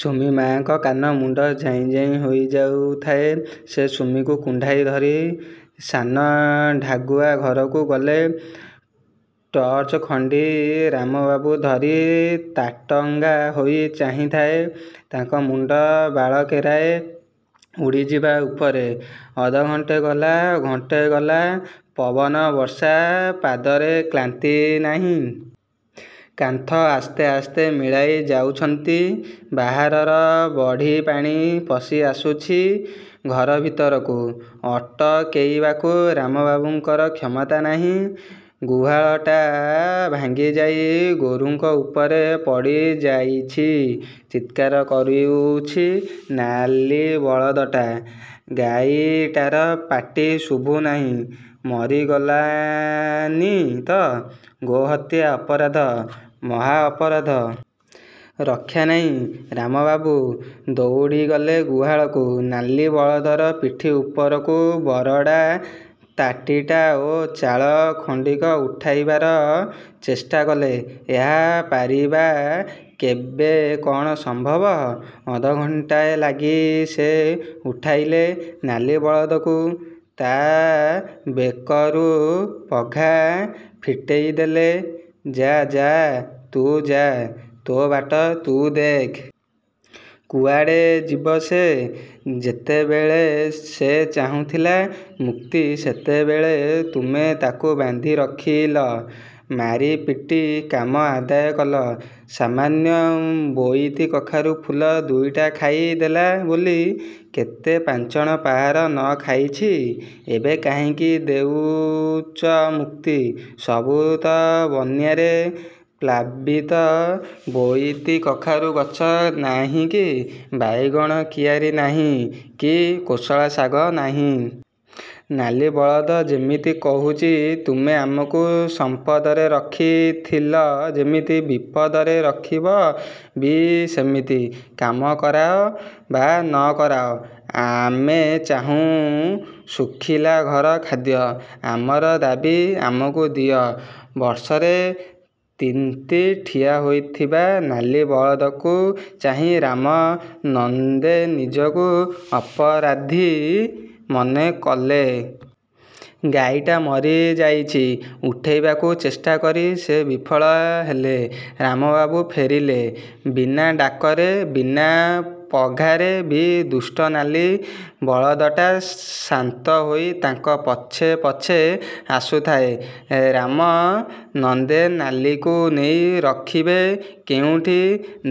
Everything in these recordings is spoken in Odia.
ସୁମି-ମା'ଙ୍କ କାନ ମୁଣ୍ଡ ଝାଁ ଝାଁ ହୋଇଯାଉଥାଏ। ସେ ସୁମିକୁ କୁଣ୍ଢାଇ ଧରି ସାନ-ଢାଗୁଆ ଘରକୁ ଗଲେ। ଟର୍ଚ୍ଚ ଖଣ୍ଡି ରାମବାବୁ ଧରି ତାଟଙ୍ଗା ହୋଇ ଚାହିଁଥାଏ। ତାଙ୍କ ମୁଣ୍ଡ ବାଳକେରାକ ଉଡ଼ିଯିବା ଉପରେ। ଅଧଘଣ୍ଟେ ଗଲା, ଘଣ୍ଟେ ଗଲା। ପବନ, ବର୍ଷା ପାଦରେ କ୍ଳାନ୍ତି ନାହିଁ। କାନ୍ଥ ଆସ୍ତେ ଆସ୍ତେ ମିଳାଇ ଯାଉଛନ୍ତି। ବାହାରର ବଢ଼ିପାଣି ପଶି ଆସୁଛି ଘର ଭିତରକୁ। ଅଟକେଇବାକୁ ରାମବାବୁଙ୍କର କ୍ଷମତା ନାହିଁ। ଗୁହାଳଟା ଭାଙ୍ଗିଯାଇ ଗୋରୁଙ୍କ ଉପରେ ପଡ଼ିଯାଇଛି। ଚିତ୍କାର କରୁଚି ନାଲି ବଳଦଟା। ଗାଈଟାର ପାଟି ଶୁଭୁ ନାହିଁ। ମରିଗଲାନି ତ? ଗୋ-ହତ୍ୟା ଅପରାଧ, ମହା ଅପରାଧ। ରକ୍ଷା ନାହିଁ! ରାମବାବୁ ଦଉଡ଼ିଲେ ଗୁହାଳକୁ। ନାଲି ବଳଦର ପିଠି ଉପରୁ ବରଡ଼ା ତାଟିଟା ଓ ଚାଳ ଖଣ୍ଡିକ ଉଠାଇବାର ଚେଷ୍ଟା କଲେ। ଏକା ପାରିବା କେବେ କ'ଣ ସମ୍ଭବ-? ଅଧଘଣ୍ଟାଏ ଲାଗି ସେ ଉଠେଇଲେ ନାଲି ବଳଦକୁ। ତା' ବେକରୁ ପଘା ଫିଟେଇଦେଲେ-। ଯା, ଯା, ତୁ ଯା, ତୋ ବାଟ ତୁ ଦେଖ। କୁଆଡ଼େ ଯିବ ସେ? ଯେତେବେଳେ ସେ ଚାହୁଁଥିଲା ମୁକ୍ତି–ସେତେବେଳେ ତୁମେ ତାକୁ ବାନ୍ଧି ରଖିଲ। ମାରି ପିଟି କାମ ଆଦାୟ କଲ। ସାମାନ୍ୟ ବୋଇତିକଖାରୁ ଫୁଲ ଦୁଇଟା ଖାଇ ଦେଲା ବୋଲି କେତେ ପାଞ୍ଚଣ ପାହାର ନ ଖାଇଛି। ଏବେ କାହିଁକି ଦେଉଚ ମୁକ୍ତି। ସବୁ ତ ବନ୍ୟାରେ ପ୍ଳାବିତ–ବୋଇତିକଖାରୁ ଗଛ ନାହିଁକି, ବାଇଗଣ କିଆରୀ ନାହିଁ କି କୋଶଳା ଶାଗ ନାହିଁ। ନାଲି ବଳଦ ଯେମିତି କହୁଚି–'ତୁମେ ଆମକୁ ସମ୍ପଦରେ ରଖିଥିଲ ଯେମିତି, ବିପଦରେ ରଖିବ ବି ସେମିତି। କାମ କରାଅ ବା ନ କରାଅ। ଆମେ ଚାହୁଁ ଶୁଖିଲା ଘର, ଖାଦ୍ୟ। ଆମର ଦାବୀ, ଆମକୁ ଦିଅ। ' ବର୍ଷାରେ ତିନ୍ତି ଠିଆ ହୋଇଥିବା ନାଲି ବଳଦକୁ ଚାହିଁ ରାମ ନନ୍ଦେ ନିଜକୁ ଅପରାଦୀ ମନେ କଲେ। ଗାଈଟା ମରିଯାଇଛି। ଉଠେଇବାକୁ ଚେଷ୍ଟା କରି ସେ ବିଫଳ ହେଲେ। ରାମବାବୁ ଫେରିଲେ। ବିନା ଡାକରାରେ, ବିନା ପଘାରେ ବି ଦୁଷ୍ଟ ନାଲି ବଳଦଟା ଶାନ୍ତ ହୋଇ ତାଙ୍କ ପଛେ ପଛେ ଆସୁଥାଏ। ରାମ ନନ୍ଦେ ନାଲିକୁ ନେଇ ରଖିବେ କେଉଁଠି?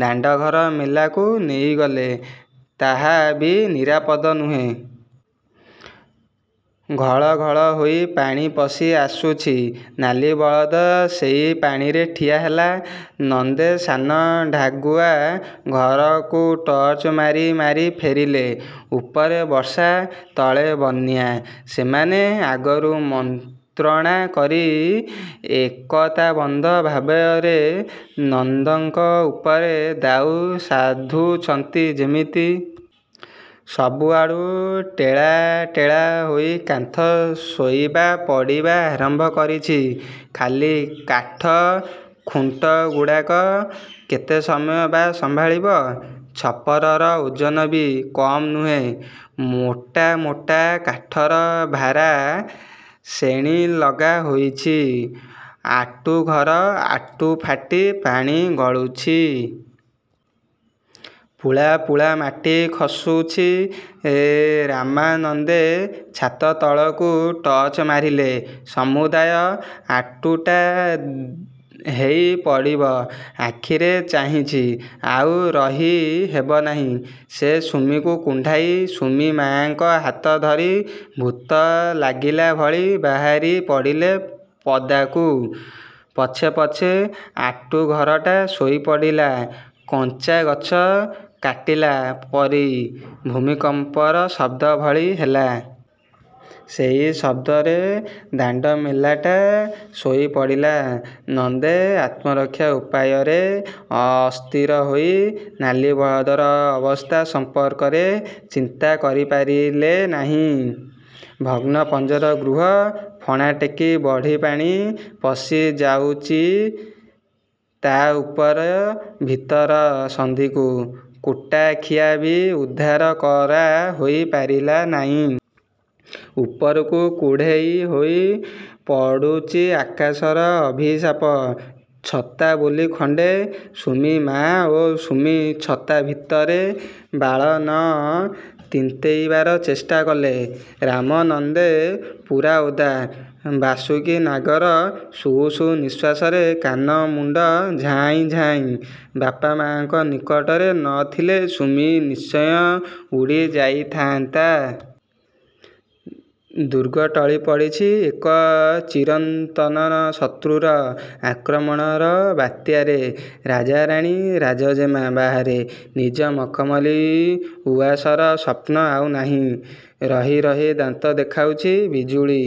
ଦାଣ୍ଡଘର ମେଲାକୁ ନେଇଗଲେ, ତାହା ବି ନିରାପଦ ନୁହେଁ। ଘଳ ଘଳ ହୋଇ ପାଣି ପଶି ଆସୁଚି। ନାଲି ବଳଦ ସେଇ ପାଣିରେ ଠିଆ ହେଲା। ନନ୍ଦେ ସାନ-ଢାଗୁଆ ଘରକୁ ଟର୍ଚ୍ଚ ମାରି ମାରି ଫେରିଲେ। ଉପରେ ବର୍ଷା, ତଳେ ବନ୍ୟା। ସେମାନେ ଆଗରୁ ମନ୍ତ୍ରଣା କରି ଏକତାବଦ୍ଧ ଭାବରେ ନନ୍ଦଙ୍କ ଉପରେ ଦାଉ ସାଧୁଛନ୍ତି ଯେମିତି! ସବୁଆଡ଼ୁ ଟେଳା ଟେଳା ହୋଇ କାନ୍ଥ ଶୋଇବା ପଡ଼ିବା ଆରମ୍ଭ କରିଛି। ଖାଲି କାଠ ଖୁଣ୍ଟଗୁଡାକ କେତେ ସମୟ ବା ସମ୍ଭାଳିବ? ଛପରର ଓଜନ ବି କମ୍ ନୁହେଁ। ମୋଟା ମୋଟା କାଠର ଭାରା, ଶେଣି ଲଗା ହୋଇଛି। ଆଟୁଘର ଆଟୁ ଫାଟି ପାଣି ଗଳୁଛି। ପୁଳା ପୁଳା ମାଟି ଖସୁଛି। ରାମାନନ୍ଦେ ଛାତ ତଳକୁ ଟର୍ଚ୍ଚ ମାରିଲେ। ସମୁଦାୟ ଆଟୁଟା ହେଇ ପଡ଼ିବ ଆଖିରେ ଚାହିଁଛି। ଆଉ ରହି ହେବ ନାହିଁ। ସେ ସୁମିକୁ କୁଣ୍ଢାଇ, ସୁମି ମା'ଙ୍କ ହାତ ଧରି ଭୂତ ଲାଗିଲା ଭଳି ବାହାରି ପଡ଼ିଲେ ପଦାକୁ। ପଛେ ପଛେ ଆଟୁଘରଟା ଶୋଇ ପଡ଼ିଲା କଞ୍ଚା ଗଛ କାଟିଲା ପରି, ଭୂମିକମ୍ପର ଶବ୍ଦ ଭଳି ହେଲା। ସେଇ ଶବ୍ଦରେ ଦାଣ୍ଡ ମେଲାଟା ଶୋଇ ପଡ଼ିଲା। ନନ୍ଦେ ଆତ୍ମରକ୍ଷା ଉପାୟରେ ଅସ୍ଥିର ହୋଇ ନାଲିବଳଦର ଅବସ୍ଥା ସମ୍ପର୍କରେ ଚିନ୍ତା କରିପାରିଲେ ନାହିଁ। ଭଗ୍ନ-ପଞ୍ଜର ଗୃହ, ଫଣା ଟେକି ବଢ଼ିପାଣି ପଶି ଯାଉଚି ତା' ଉପର ଭିତର ସନ୍ଧିକୁ। କୁଟାଖିଏ ବି ଉଦ୍ଧାର କରା ହୋଇ ପାରିଲା ନାଇଁ। ଉପରୁ କୁଢ଼େଇ ହୋଇ ପଡ଼ୁଚି ଆକାଶର ଅଭିଶାପ। ଛତା ବୋଲି ଖଣ୍ଡେ। ସୁମି-ମା ଓ ସୁମି ଛତା ଭିତରେ ବାଳ ନ ତିନ୍ତେଇବାର ଚେଷ୍ଟା କଲେ। ରାମ ନନ୍ଦେ ପୂରା ଓଦା। ବାସୁକୀ ନାଗର ସୁ ସୁ ନିଃଶ୍ୱାସରେ କାନମୁଣ୍ଡ ଝାଁ ଝାଁ। ବାପା-ମାଙ୍କ ନିକଟରେ ନ ଥିଲେ ସୁମି ନିଶ୍ଚୟ ଉଡ଼ି ଯାଇଥାନ୍ତା। ଦୁର୍ଗ ଟଳି ପଡ଼ିଛି ଏକ ଚିରନ୍ତନ ଶତ୍ରୁର ଆକ୍ରମଣର ବାତ୍ୟାରେ। ରାଜା, ରାଣୀ, ରାଜଜେମା ବାହାରେ। ନିଜର ମଖମଲି ଉଆସର ସ୍ୱପ୍ନ ଆଉ ନାହିଁ। ରହି ରହି ଦାନ୍ତ ଦେଖାଉଛି ବିଜୁଳି।